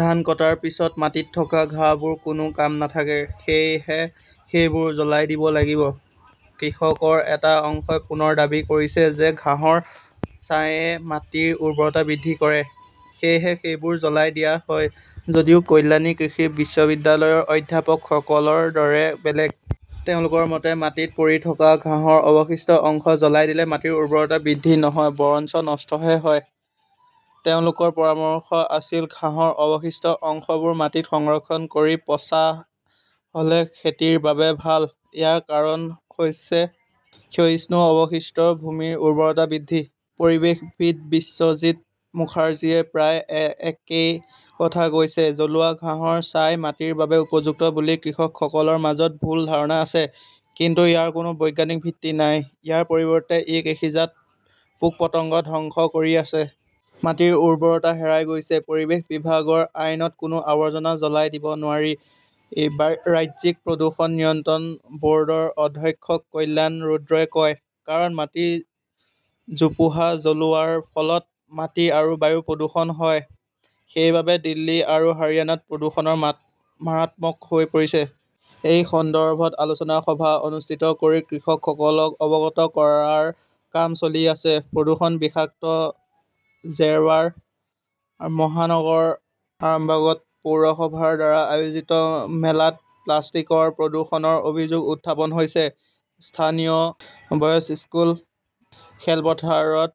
ধান কটাৰ পিছত মাটিত থকা ঘাঁহবোৰে কোনো কাম নকৰে। সেয়েহে সেইবোৰ জ্বলাই দিব লাগিব। কৃষকৰ এটা অংশই পুনৰ দাবী কৰিছে যে ঘাঁহৰ ছাইয়ে মাটিৰ উৰ্বৰতা বৃদ্ধি কৰে। সেয়েহে সেইবোৰ জ্বলাই দিয়া হয়। যদিও কল্যাণী কৃষি বিশ্ববিদ্যালয়ৰ অধ্যাপকসকলৰ দৰে বেলেগ। তেওঁলোকৰ মতে, মাটিত পৰি থকা ঘাঁহৰ অৱশিষ্ট অংশ জ্বলাই দিলে মাটিৰ উৰ্বৰতা বৃদ্ধি নহয়, বৰঞ্চ নষ্ট হয়। তেওঁলোকৰ পৰামৰ্শ আছিল, ঘাঁহৰ অৱশিষ্ট অংশবোৰ মাটিত সংৰক্ষণ কৰি পচা হ'লে খেতিৰ বাবে ভাল। ইয়াৰ কাৰণ হৈছে ক্ষয়িষ্ণু অৱশিষ্ট ভূমিৰ উৰ্বৰতা বৃদ্ধি। 'পৰিৱেশবিদ বিশ্বজিত মুখাৰ্জীয়ে প্ৰায় একেই কথা কৈছে। 'জ্বলোৱা ঘাঁহৰ ছাই মাটিৰ বাবে উপযুক্ত বুলি কৃষকসকলৰ মাজত ভুল ধাৰণা আছে। কিন্তু ইয়াৰ কোনো বৈজ্ঞানিক ভিত্তি নাই। ইয়াৰ পৰিৱৰ্তে, ই কৃষিজাত পোক-পতংগ ধ্বংস কৰি আছে। মাটিৰ উৰ্বৰতা হেৰাই গৈছে। 'পৰিৱেশ বিভাগৰ আইনত কোনো আৱৰ্জনা জ্বলাই দিব নোৱাৰি', ৰাজ্যিক প্ৰদূষণ নিয়ন্ত্ৰণ ব'ৰ্ডৰ অধ্যক্ষ কল্যাণ ৰুদ্ৰই কয়। কাৰণ মাটিত জোপোহা জ্বলোৱাৰ ফলত মাটি আৰু বায়ু প্ৰদূষণ হয়। সেইবাবেই দিল্লী আৰু হাৰিয়ানাত প্ৰদূষণ মাৰাত্মক হৈ পৰিছে। এই সন্দৰ্ভত আলোচনা সভা অনুষ্ঠিত কৰি কৃষকসকলক অৱগত কৰাৰ কাম চলি আছে। প্ৰদূষণ-বিষাক্ত জেৰবাৰ মহানগৰ আৰামবাগত পৌৰসভাৰ দ্বাৰা আয়োজিত মেলাত প্লাষ্টিকৰ প্ৰদূষণৰ অভিযোগ উত্থাপন হৈছে। স্থানীয় বয়ছ স্কুল খেলপথাৰত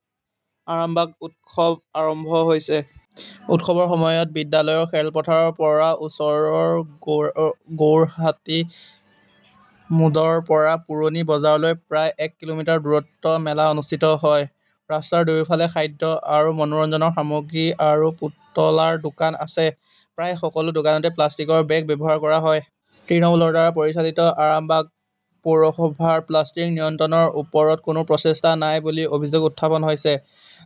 আৰামবাগ উৎসৱ আৰম্ভ হৈছে। উৎসৱৰ সময়ত বিদ্যালয়ৰ খেলপথাৰৰ পৰা আৰু ওচৰৰ গৌৰহাটি মোড়ৰ পৰা পুৰণি বজাৰলৈ প্ৰায় এক কিলোমিটাৰ দূৰত্বত মেলা অনুষ্ঠিত হয়। ৰাস্তাৰ দুয়োফালে খাদ্য আৰু মনোৰঞ্জন সামগ্ৰী আৰু পুতলাৰ দোকান আছে। প্ৰায় সকলো দোকানতে প্লাষ্টিকৰ বেগ ব্যৱহাৰ কৰা হয়। তৃণমূলৰ দ্বাৰা পৰিচালিত আৰামবাগ পৌৰসভাৰ প্লাষ্টিক নিয়ন্ত্ৰণৰ ওপৰত কোনো প্ৰচেষ্টা নাই বুলি অভিযোগ উত্থাপন হৈছে।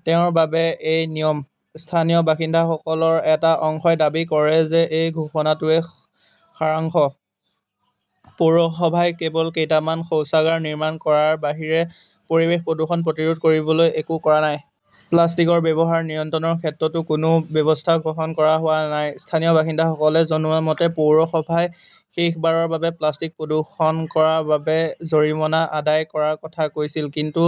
তেওঁৰ বাবেই এই নিয়ম। স্থানীয় বাসিন্দাসকলৰ এটা অংশই দাবী কৰে যে এই ঘোষণাটোৱেই সাৰাংশ। পৌৰসভাই কেৱল কেইটামান শৌচাগাৰ নিৰ্মাণ কৰাৰ বাহিৰে পৰিৱেশ প্ৰদূষণ প্ৰতিৰোধ কৰিবলৈ একো কৰা নাই। প্লাষ্টিকৰ ব্যৱহাৰ নিয়ন্ত্ৰণৰ ক্ষেত্ৰতো কোনো ব্যৱস্থা গ্ৰহণ কৰা হোৱা নাই। স্থানীয় বাসিন্দাসকলে জনোৱা মতে, পৌৰসভাই শেষবাৰৰ বাবে প্লাষ্টিক প্ৰদূষণ কৰাৰ বাবে জৰিমনা আদায় কৰাৰ কথা কৈছিল। কিন্তু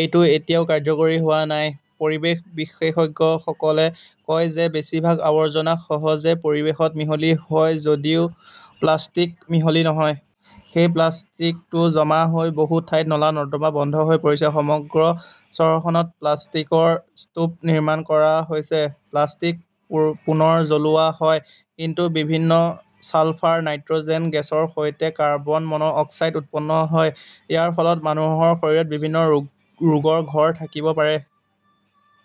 এইটো এতিয়াও কাৰ্যকৰী হোৱা নাই। পৰিৱেশ বিশেষজ্ঞসকলে কয় যে বেছিভাগ আৱৰ্জনা সহজে পৰিৱেশত মিহলি হয় যদিও প্লাষ্টিক মিহলি নহয়। সেই প্লাষ্টিকটো জমা হৈ বহু ঠাইত নলা-নৰ্দমা বন্ধ হৈ পৰিছে। সমগ্ৰ চহৰখনত প্লাষ্টিকৰ স্তূপ নিৰ্মাণ কৰা হৈছে। প্লাষ্টিক্স পুনৰ জ্বলোৱা হয়, কিন্তু বিভিন্ন ছালফাৰ, নাইট্ৰ'জেন গেছৰ সৈতে কাৰ্বন মন অক্সাইড উৎপন্ন হয়। ইয়াৰ ফলত মানুহৰ শৰীৰত বিভিন্ন ৰোগৰ ঘৰ থাকিব পাৰে।